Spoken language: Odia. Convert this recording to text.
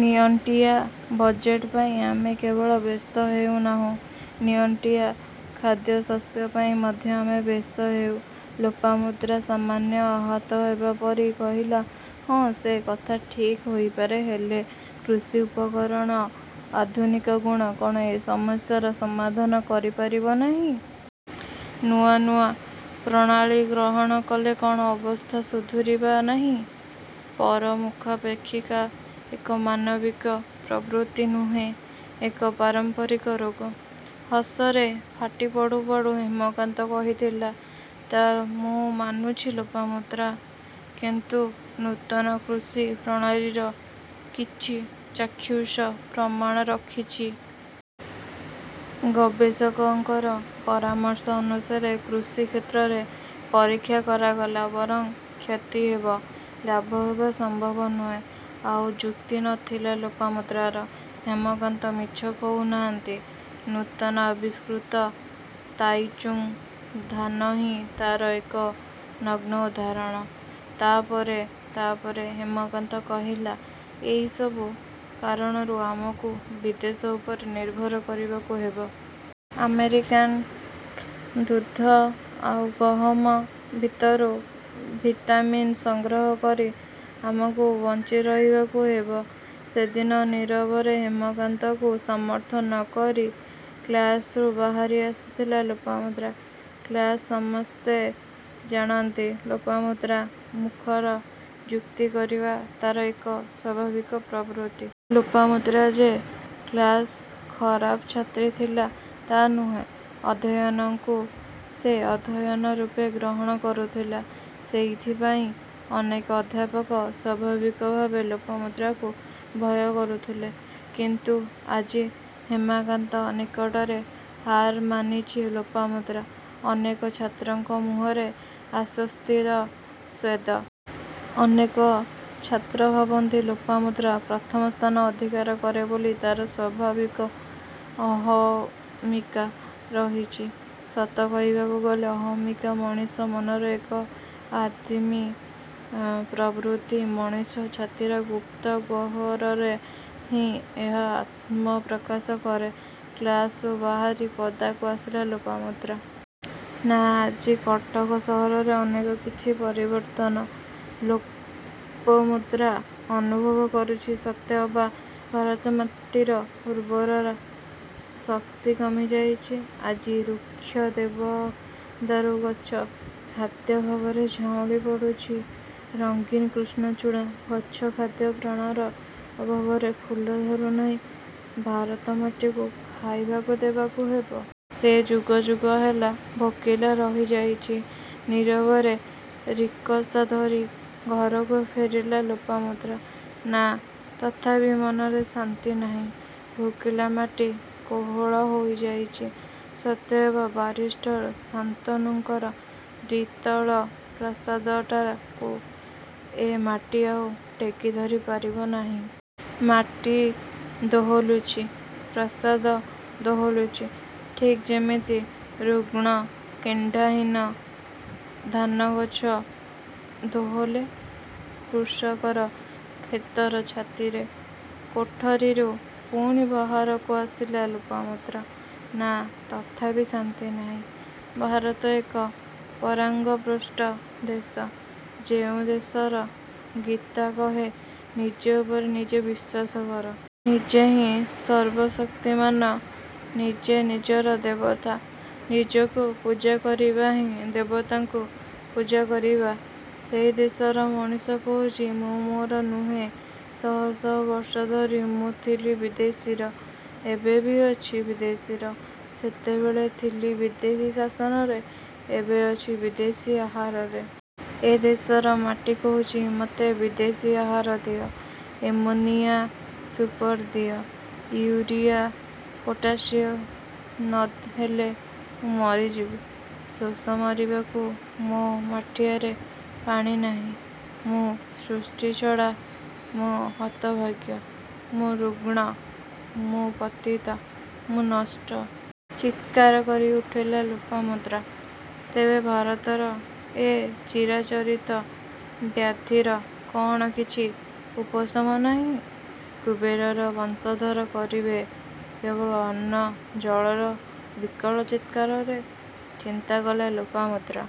ନିଅଣ୍ଟିଆ ବଜେଟ ପାଇଁ ଆମେ କେବଳ ବ୍ୟସ୍ତ ହେଉ ନାହୁଁ.. ନିଅଣ୍ଟିଆ ଖାଦ୍ୟଶସ୍ୟ ପାଇଁ ମଧ୍ୟ ଆମେ ବ୍ୟସ୍ତ ହେଉଁ। ଲୋପାମୁଦ୍ରା ସାମାନ୍ୟ ଆହତ ହେବା ପରି କହିଲା—ହଁ ସେ କଥା ଠିକ୍ ହୋଇପାରେ-। ହେଲେ କୃଷି ଉପକରଣର ଆଧୁନିକ ଗୁଣ କ'ଣ ଏ ସମସ୍ୟାର ସମାଧାନ କରିପାରିବ ନାହିଁ-? ନୂଆ ନୂଆ ପ୍ରଣାଳୀ ଗ୍ରହଣ କଲେ କ'ଣ ଅବସ୍ଥା ସୁଧୁରିବା ନାହିଁ। ପର ମୁଖାପେକ୍ଷିକା ଏକ ମାନବିକ ପ୍ରବୃତ୍ତି ନୁହେଁ... ଏକ ପାରମ୍ପରିକ ରୋଗ। ହସରେ ଫାଟି ପଡ଼ୁ ପଡ଼ୁ ହେମକାନ୍ତ କହିଥିଲା—ତା' ମୁଁ ମାନୁଛି ଲୋପାମୁଦ୍ରା। କିନ୍ତୁ ନୂତନ କୃଷି ପ୍ରଣାଳୀର କିଛି ଚାକ୍ଷୁଷ ପ୍ରମାଣ ରଖିଛି? ଗବେଷକଙ୍କର ପରାମର୍ଶ ଅନୁସାରେ କୃଷି କ୍ଷେତ୍ରରେ ପରୀକ୍ଷା କରାଗଲା ବରଂ କ୍ଷତି ହେବ—ଲାଭ ହେବା ସମ୍ଭବ ନୁହେଁ। ଆଉ ଯୁକ୍ତି ନ ଥିଲା ଲୋପାମୁଦ୍ରାର..। ହେମକାନ୍ତ ମିଛ କହୁ ନାହାନ୍ତି। ନୂତନ ଆବିଷ୍କୃତ ତାଇଚୁଙ୍ଗ୍ ଧାନ ହିଁ ତା'ର ଏକ ନଗ୍ନ ଉଦାହରଣ। ତା'ପରେ... ତା'ପରେ ହେମକାନ୍ତ କହିଲା, ଏଇ ସବୁ କାରଣରୁ ଆମକୁ ବିଦେଶ ଉପରେ ନିର୍ଭର କରିବାକୁ ହେବ। ଆମେରିକାନ୍ଗୁଣ୍ଡ ଦୁଧ ଆଉ ଗହମ ଭିତରୁ ଭିଟାମିନ୍ ସଂଗ୍ରହ କରି ଆମକୁ ବଞ୍ଚି ରହିବାକୁ ହେବ। ସେଦିନ ନୀରବରେ ହେମକାନ୍ତକୁ ସମର୍ଥନ ନ କରି କ୍ଳାସରୁ ବାହାରି ଆସିଥିଲା ଲୋପାମୁଦ୍ରା। କ୍ଳାସ୍ର ସମସ୍ତେ ଜାଣନ୍ତି... ଲୋପାମୁଦ୍ରା। ମୁଖର। ଯୁକ୍ତି କରିବା ତା'ର ଏକ ସ୍ୱଭାବିକ ପ୍ରବୃତ୍ତି। ଲୋପାମୁଦ୍ରା ଯେ କ୍ଳାସ୍ର ଖରାପ ଛାତ୍ରୀ ଥିଲା, ତା' ନୁହେଁ। ଅଧ୍ୟୟନକୁ ସେ ଅଧ୍ୟୟନ ରୂପେ ଗ୍ରହଣ କରୁଥିଲା। ସେଇଥିପାଇଁ ଅନେକ ଅଧ୍ୟାପକ ସ୍ୱଭାବିକ ଭାବରେ ଲୋପାମୁଦ୍ରାକୁ ଭୟ କରୁଥିଲେ। କିନ୍ତୁ ଆଜି ହେମାକାନ୍ତ ନିକଟରେ ହାର ମାନିଛି ଲୋପାମୁଦ୍ରା। ଅନେକ ଛାତ୍ରଙ୍କ ମୁହଁରେ ଆଶ୍ୱସ୍ତିର ସ୍ୱେଦ। ଅନେକ ଛାତ୍ର ଭାବନ୍ତି.. ଲୋପାମୁଦ୍ରା। ପ୍ରଥମ ସ୍ଥାନ ଅଧିକାର କରେ ବୋଲି ତା'ର ସ୍ୱଭାବିକ୍ ଅହମିକା ରହିଛି। ସତ କହିବାକୁ ଗଲେ—ଅହମିକା ମଣିଷ ମନର ଏକ ଆଦିମ ପ୍ରବୃତ୍ତି। ମଣିଷ ଛାତିର ଗୁପ୍ତ ଗହ୍ୱରରେ ହିଁ ଏହା ଆତ୍ମପ୍ରକାଶ କରେ। କ୍ଳାସରୁ ବାହାରି ପଦାକୁ ଆସିଲା ଲୋପାମୁଦ୍ରା। ନାଁ... ଆଜି କଟକ ସହରରେ ଅନେକ କିଛି ପରିବର୍ତ୍ତନ। ଲୋପମୁଦ୍ରା ଅନୁଭବ କରୁଛି... ସତେ ଅବା ଭାରତ ମାଟିର ଉର୍ବରା ଶକ୍ତି କମିଯାଇଛି...। ଆଜି ରୁକ୍ଷ ଦେବଦାରୁ ଗଛ ଖାଦ୍ୟଭାବରେ ଝାଉଁଳି ପଡ଼ୁଛି। ରଙ୍ଗୀନ କୃଷ୍ଣଚୂଡ଼ା ଗଛ ଖାଦ୍ୟ ପ୍ରାଣର ଅଭାବରେ ଫୁଲ ଧରୁନାହିଁ। ଭାରତ ମାଟିକୁ ଖାଇବାକୁ ଦେବାକୁ ହେବ। ସେ ଯୁଗ ଯୁଗ ହେଲା ଭୋକିଲା ରହିଯାଇଛି। ନୀରବରେ ରିକସା ଧରି ଘରକୁ ଫେରିଲା ଲୋପାମୁଦ୍ରା। ନାଁ, ତଥାପି ମନରେ ଶାନ୍ତି ନାହିଁ। ଭୋକିଲା ମାଟି କୋହଳ ହୋଇଯାଇଛି। ସତେ ଅବା ବାରିଷ୍ଟର ଶାନ୍ତନୁଙ୍କର ଦ୍ୱିତଳ ପ୍ରାସାଦଟାକୁ ଏ ମାଟି ଆଉ ଟେକିଧରି ପାରିବ ନାହିଁ। ମାଟି ଦୋହଲୁଛି, ପ୍ରାସାଦ ଦୋହଲୁଛି। ଠିକ୍ ଯେମିତି ରୁଗଣ୍ କେଣ୍ଡାହୀନ ଧାନଗଛ ଦୋହଲେ କୃଷକର କ୍ଷେତର ଛାତିରେ। କୋଠରୀରୁ ପୁଣି ବାହାରକୁ ଆସିଲା ଲୋପମୁଦ୍ରା। ନାଁ ତଥାପି ଶାନ୍ତି ନାହିଁ। ଭାରତ ଏକ ପରାଙ୍ଗପୁଷ୍ଟ ଦେଶ। ଯେଉଁ ଦେଶର ଗୀତା କହେ ନିଜ ଉପରେ ନିଜେ ବିଶ୍ୱାସ କର। ନିଜେ ହିଁ ସର୍ବଶକ୍ତିମାନ୍। ନିଜେ ନିଜର ଦେବତା। ନିଜକୁ ପୂଜା କରିବା ହିଁ ଦେବତାଙ୍କୁ ପୂଜାକରିବା। ସେହି ଦେଶର ମଣିଷ କହୁଛି... ମୁଁ ମୋର ନୁହେଁ। ଶହ ଶହ ବର୍ଷ ଧରି ମୁଁ ଥିଲି ବିଦେଶୀର। ଏବେ ବି ଅଛି ବିଦେଶୀର। ସେତେବେଳେ ଥିଲି ବିଦେଶୀ ଶାସନରେ ଏବେ ଅଛି ବିଦେଶୀ ଆହାରରେ। ଏ ଦେଶର ମାଟି କହୁଛି ମୋତେ ବିଦେଶୀ ଆହାର ଦିଅ। ଏମୋନିଆଁ... ସୁପର ଦିଅ... ଇଉରିଆ, ପୋଟାସ୍ଦିଅ... ନ ହେଲେ ମୁଁ ମରିଯିବି। ଶୋଷ ମାରିବାକୁ ମୋ ମାଠିଆରେ ପାଣି ନାହିଁ.. ମୁଁ ସୃଷ୍ଟିଛଡ଼ା ମୁଁ ହତଭାଗ୍ୟ... ମୁଁ ରୁଗ୍ଣ... ମୁଁ ପତିତ... ମୁଁ ନଷ୍ଟ। ଚିତ୍କାର କରି ଉଠିଲା ଲୋପାମୁଦ୍ରା। ତେବେ ଭାରତର ଏ ଚିରାଚରିତ ବ୍ୟାଧିର କ'ଣ କିଛି ଉପଶମ ନାହିଁ? କୁବେରର ବଂଶଧର ମରିବେ କେବଳ ଅନ୍ନ, ଜଳର ବିକଳ ଚିତ୍କାରରେ? ଚିନ୍ତାକଲା ଲୋପମୁଦ୍ରା।